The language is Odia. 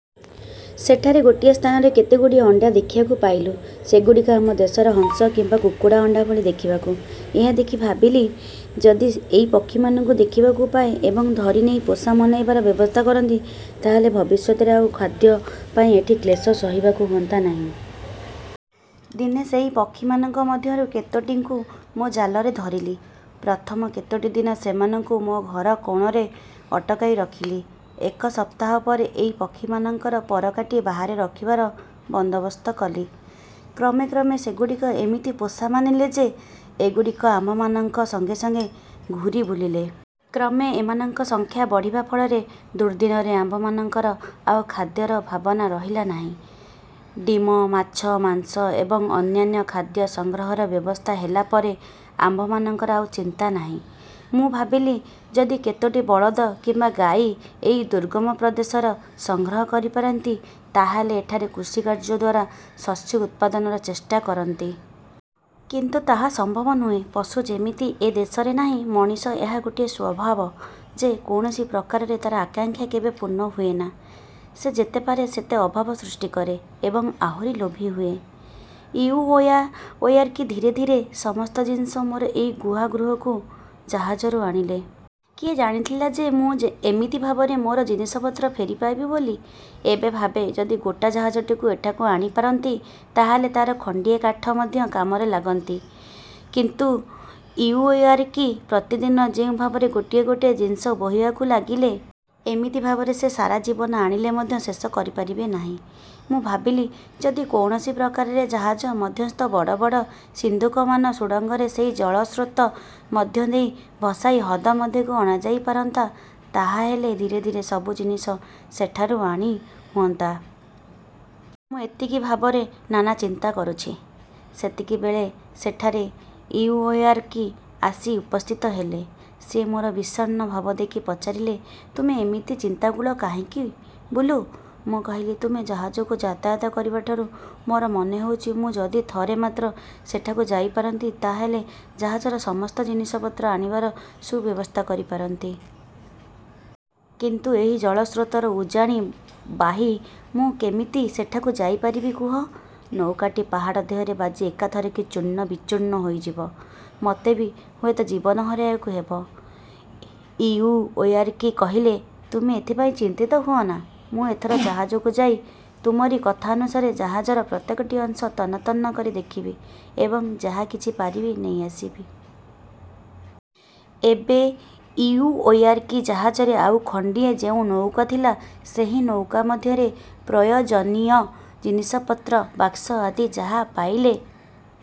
ସେଠାରେ ଗୋଟିଏ ସ୍ଥାନରେ କେତେଗୁଡ଼ିଏ ଅଣ୍ଡା ଦେଖିବାକୁ ପାଇଲୁଁ। ସେଗୁଡ଼ିକ ଆମ ଦେଶର ହଂସ କିମ୍ବା କୁକୁଡ଼ା ଅଣ୍ଡାଭଳି ଦେଖିବାକୁ। ଏହା ଦେଖି ଭାବିଲି, ଯଦି ଏଇ ପକ୍ଷୀମାନଙ୍କୁ ଦେଖିବାକୁ ପାଏଁ ଏବଂ ଧରି ନେଇ ପୋଷା ମନାଇବାର ବ୍ୟବସ୍ଥା କରନ୍ତି, ତାହାହେଲେ ଭବିଷ୍ୟତରେ ଆଉ ଖାଦ୍ୟପାଇଁ ଏଠି କ୍ଳେଶ ସହିବାକୁ ହୁଅନ୍ତା ନାହିଁ। ଦିନେ ସେହି ପକ୍ଷୀମାନଙ୍କ ମଧ୍ୟରୁ କେତୋଟିଙ୍କୁ ମୋ ଜାଲରେ ଧରିଲି। ପ୍ରଥମ କତୋଟି ଦିନ ସେମାନଙ୍କୁ ମୋ ଘର କୋଣରେ ଅଟକାଇ ରଖିଲି। ଏକ ସପ୍ତାହ ପରେ ଏଇ ପକ୍ଷୀମାନଙ୍କର ପର କାଟି ବାହାରେ ରଖିବାର ବନ୍ଦୋବସ୍ତ କଲି। କ୍ରମେ କ୍ରମେ ସେଗୁଡ଼ିକ ଏମିତି ପୋଷା ମାନିଲେ ଯେ, ଏଗୁଡ଼ିକ ଆମ୍ଭମାନଙ୍କ ସଙ୍ଗେ ସଙ୍ଗେ ଘୂରିବୁଲିଲେ। କ୍ରମେ ଏମାନଙ୍କ ସଂଖ୍ୟା ବଢ଼ିବା ଫଳରେ ଦୁର୍ଦ୍ଦିନରେ ଆମ୍ଭମାନଙ୍କର ଆଉ ଖାଦ୍ୟର ଭାବନା ରହିଲା ନାହିଁ। ଡିମ, ମାଛ, ମାଂସ ଏବଂ ଅନ୍ୟାନ୍ୟ ଖାଦ୍ୟ ସଂଗ୍ରହର ବ୍ୟବସ୍ଥା ହେଲା ପରେ ଆମ୍ଭମାନଙ୍କର ଆଉ ଚିନ୍ତା ନାହିଁ। ମୁଁ ଭାବିଲି, ଯଦି କେତୋଟି ବଳଦ କିମ୍ବା ଗାଈ ଏଇ ଦୁର୍ଗମ ପ୍ରଦେଶରେ ସଂଗ୍ରହ କରିପାରନ୍ତି ତାହାହେଲେ ଏଠାରେ କୃଷିକାର୍ଯ୍ୟଦ୍ୱାରା ଶସ୍ୟ ଉତ୍ପାଦନର ଚେଷ୍ଟା କରନ୍ତି। କିନ୍ତୁ। ତାହା ସମ୍ଭବ ନୁହେଁ, ପଶୁ ଯେମିତି ଏ ଦେଶରେ ନାହିଁ। ମଣିଷର ଏହା ଗୋଟିଏ ସ୍ୱଭାବ ଯେ, କୌଣସି ପ୍ରକାରରେ ତା'ର ଆକାଂକ୍ଷା କେବେ ପୂର୍ଣ୍ଣ ହୁଏନା। ସେ ଯେତେ ପାରେ ସେତେ ଅଭାବ ସୃଷ୍ଟି କରେ ଏବଂ ଆହୁରି ଲୋଭୀ ହୁଏ। ଇଉଓୟାରକି ଧୀରେ ଧୀରେ ସମସ୍ତ ଜିନିଷ ମୋର ଏଇ ଗୁହା ଗୃହକୁ ଜାହାଜରୁ ଆଣିଲେ। କିଏ ଜାଣିଥିଲା ଯେ ମୁଁ ଏମିତି ଭାବରେ ମୋର ଜିନିଷପତ୍ର ଫେରି ପାଇବି ବୋଲି। ଏବେ ଭାବେ, ଯଦି ଗୋଟା ଜାହାଜଟିକୁ ଏଠାକୁ ଆଣିପାରନ୍ତି, ତାହାହେଲେ ତା'ର ଖଣ୍ଡିଏ କାଠ ମଧ୍ୟ କାମରେ ଲଗାନ୍ତି-। କିନ୍ତୁ ଇଉଓୟାରକି ପ୍ରତିଦିନ ଯେଉଁ ଭାବରେ ଗୋଟିଏ ଗୋଟିଏ ଜିନିଷ ବୋହିବାକୁ ଲାଗିଲେ। ଏମିତି ଭାବରେ ସେ ସାରା ଜୀବନ ଆଣିଲେ ମଧ୍ୟ ଶେଷ କରିପାରିବେ ନାହିଁ। ମୁଁ ଭାବିଲି ଯଦି କୌଣସି ପ୍ରକାରରେ ଜାହାଜ ମଧ୍ୟସ୍ଥ ବଡ଼ ବଡ଼ ସିନ୍ଦୁକମାନ ସୁଡ଼ଙ୍ଗର ସେଇ ଜଳସ୍ରୋତ ମଧ୍ୟ ଦେଇ ଭସାଇ ହ୍ରଦ ମଧ୍ୟକୁ ଅଣାଯାଇ ପାରନ୍ତା, ତାହାହେଲେ ଧୀରେ ଧୀରେ ସବୁ ଜିନିଷ ସେଠାରୁ ଆଣି ହୁଅନ୍ତା। ମୁଁ ଏମିତି ଭାବରେ ନାନା ଚିନ୍ତା କରୁଛି, ସେତିକିବେଳେ ସେଠାରେ ଇଉଓୟାରକି ଆସି ଉପସ୍ଥିତ ହେଲେ। ସେ ମୋର ବିଷଣ୍ଣ ଭାବ ଦେଖି ପଚାରିଲେ, ''ତୁମେ ଏମିତି ଚିନ୍ତାକୁଳ କାହିଁକି ବୁଲୁ? '' ମୁଁ କହିଲି, ''ତୁମେ ଜାହାଜକୁ ଯାତାୟାତ କରିବାଠାରୁ ମୋର ମନେହେଉଛି, ମୁଁ ଯଦି ଥରେ ମାତ୍ର ସେଠାକୁ ଯାଇପାରନ୍ତି, ତାହାହେଲେ ଜାହାଜର ସମସ୍ତ ଜିନିଷପତ୍ର ଆଣିବାର ସୁବ୍ୟବସ୍ଥା କରିପାରନ୍ତି। କିନ୍ତୁ ଏହି ଜଳସ୍ରୋତର ଉଜାଣି ବାହି ମୁଁ କେମିତି ସେଠାକୁ ଯାଇପାରିବି କୁହ? ନୌକାଟି ପାହାଡ଼ ଦେହରେ ବାଜି ଏକାଥରକେ ଚୂର୍ଣ୍ଣ ବିଚୂର୍ଣ୍ଣ ହୋଇଯିବ। ମୋତେ ବି ହୁଏତ ଜୀବନ ହରାଇବାକୁ ହେବ। ଇଉଓୟାରକି କହିଲେ, ''ତୁମେ ଏଥିପାଇଁ ଚିନ୍ତିତ ହୁଅନା। ମୁଁ ଏଥର ଜାହାଜକୁ ଯାଇ ତୁମରି କଥାନୁସାରେ ଜାହାଜର ପ୍ରତ୍ୟେକଟି ଅଂଶ ତନ୍ନ ତନ୍ନ କରି ଦେଖିବି ଏବଂ ଯାହା କିଛି ପାରିବି ନେଇଆସିବି। ଏବେ ଇଉଓୟାରକି ଜାହାଜରେ ଆଉ ଖଣ୍ଡିଏ ଯେଉଁ ନୌକା ଥିଲା, ସେଇ ନୌକା ମଧ୍ୟରେ ପ୍ରୟୋଜନୀୟ ଜିନିଷପତ୍ର, ବାକ୍ସ ଆଦି ଯାହା ପାଇଲେ